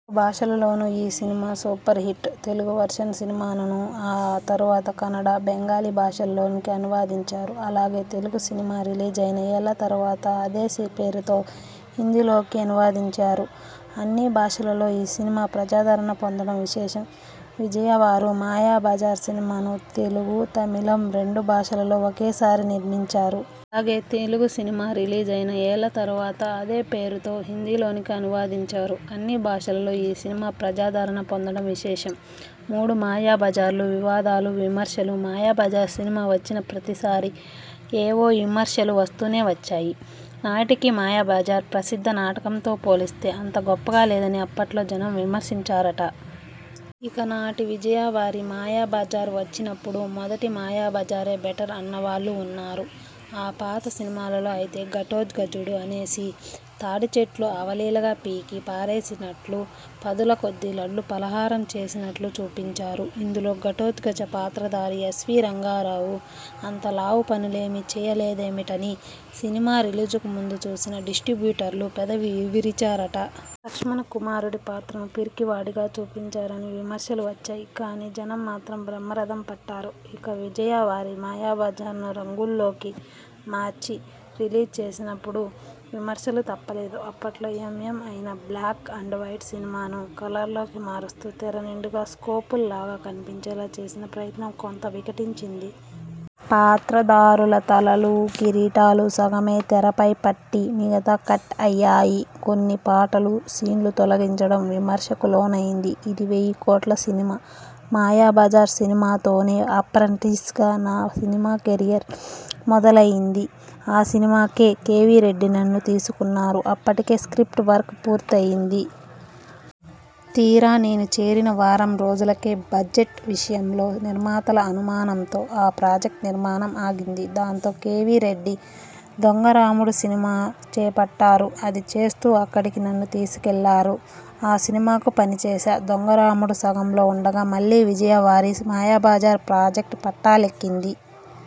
భాషల్లోనూ ఈ సినిమా సూపర్ హిట్. తెలుగు వెర్షన్ సినిమాను ఆ తరువాత కన్నడ, బెంగాలీ భాషల్లోకి అనువదించారు. అలాగే, తెలుగు సినిమారిలీజైన ఏళ్ళ తరువాత అదే పేరుతో హిందీలోకి అనువదించారు. అన్ని భాషల్లో ఈ సినిమా ప్రజాదరణ పొందడం విశేషం. విజయ వారు మాయాబజార్ సినిమాను తెలుగు, తమిళం రెండు భాషల్లో ఒకేసారి నిర్మించారు. అలాగే, తెలుగు సినిమారిలీజైన ఏళ్ళ తరువాత అదే పేరుతో హిందీలోనికి అనువదించారు. అన్ని భాషల్లో ఈ సినిమా ప్రజాదరణ పొందడం విశేషం. మూడు మాయాబజార్లు వివాదాలు విమర్శలు మాయాబజార్ సినిమా వచ్చిన ప్రతిసారీ ఏవో విమర్శలు వస్తూనే వచ్చాయి. నాటికి మాయాబజార్ ప్రసిద్ధ నాటకంతో పోలిస్తే అంత గొప్పగా లేదని అప్పట్లో జనం విమర్శించారట. ఇక, నాటి విజయా వారి మాయాబజార్ వచ్చినప్పుడు మొదటి మాయాబజారే బెటర్ అన్నవాళ్ళూ ఉన్నారు. ఆ పాత సినిమాలో అయితే, ఘటోత్కచుడు అన్నేసి తాటి చెట్లు అవలీలగా పీకి పారేసినట్లూ, పదుల కొద్దీ లడ్లు ఫలహారం చేసినట్లూ చూపించారు. ఇందులో ఘటోత్కచ పాత్రధారి ఎస్వీ రంగారావు అంత లావు పనులేమీ చేయలేదేమిటని సినిమా రిలీజుకు ముందు చూసిన డిస్ట్రిబ్యూటర్లు పెదవి విరిచారట. లక్ష్మణ కుమారుడి పాత్రను పిరికివాడిగా చూపించారని విమర్శలు వచ్చాయి. కానీ జనం మాత్రం బ్రహ్మరథం పట్టారు. ఇక, విజయా వారి మాయాబజార్ను రంగుల్లోకి మార్చి, రిలీజ్ చేసినప్పుడూ విమర్శలు తప్పలేదు. అప్పట్లో ఎం. ఎం. అయిన బ్లాక్ అండ్ వైట్ సినిమాను కలర్లోకి మారుస్తూ, తెర నిండుగా స్కోప్ లాగా కనిపించేలా చేసిన ప్రయత్నం కొంత వికటించింది. పాత్రధారుల తలలు, కిరీటాలు సగమే తెరపై పట్టి, మిగతా కట్ అయ్యాయి. కొన్ని పాటలు, సీన్లు తొలగించడం విమర్శకులోనైంది. ఇది వెయ్యికోట్ల సినిమా ''మాయాబజార్ సినిమాతోనే అప్రెంటిస్ గా నా సినిమా కెరీర్ మొదలైంది. ఆ సినిమాకనే కె. వి. రెడ్డి నన్ను తీసుకున్నారు. అప్పటికే స్ర్కిప్ట్ వర్క్ పూర్తయింది. తీరా, నేను చేరిన వారం రోజులకే బడ్జెట్ విషయంలో నిర్మాతల అనుమానంతో ఆ ప్రాజెక్ట్ నిర్మాణం ఆగింది. దాంతో, కె. వి. రెడ్డి 'దొంగరాముడు' సినిమా చేపట్టారు. అది చేస్తూ, అక్కడికి నన్ను తీసుకెళ్ళారు. ఆ సినిమాకు పనిచేశా. దొంగరాముడు సగంలో ఉండగా, మళ్ళీ విజయా వారి మాయాబజార్ ప్రాజెక్ట్ పట్టాలెక్కింది.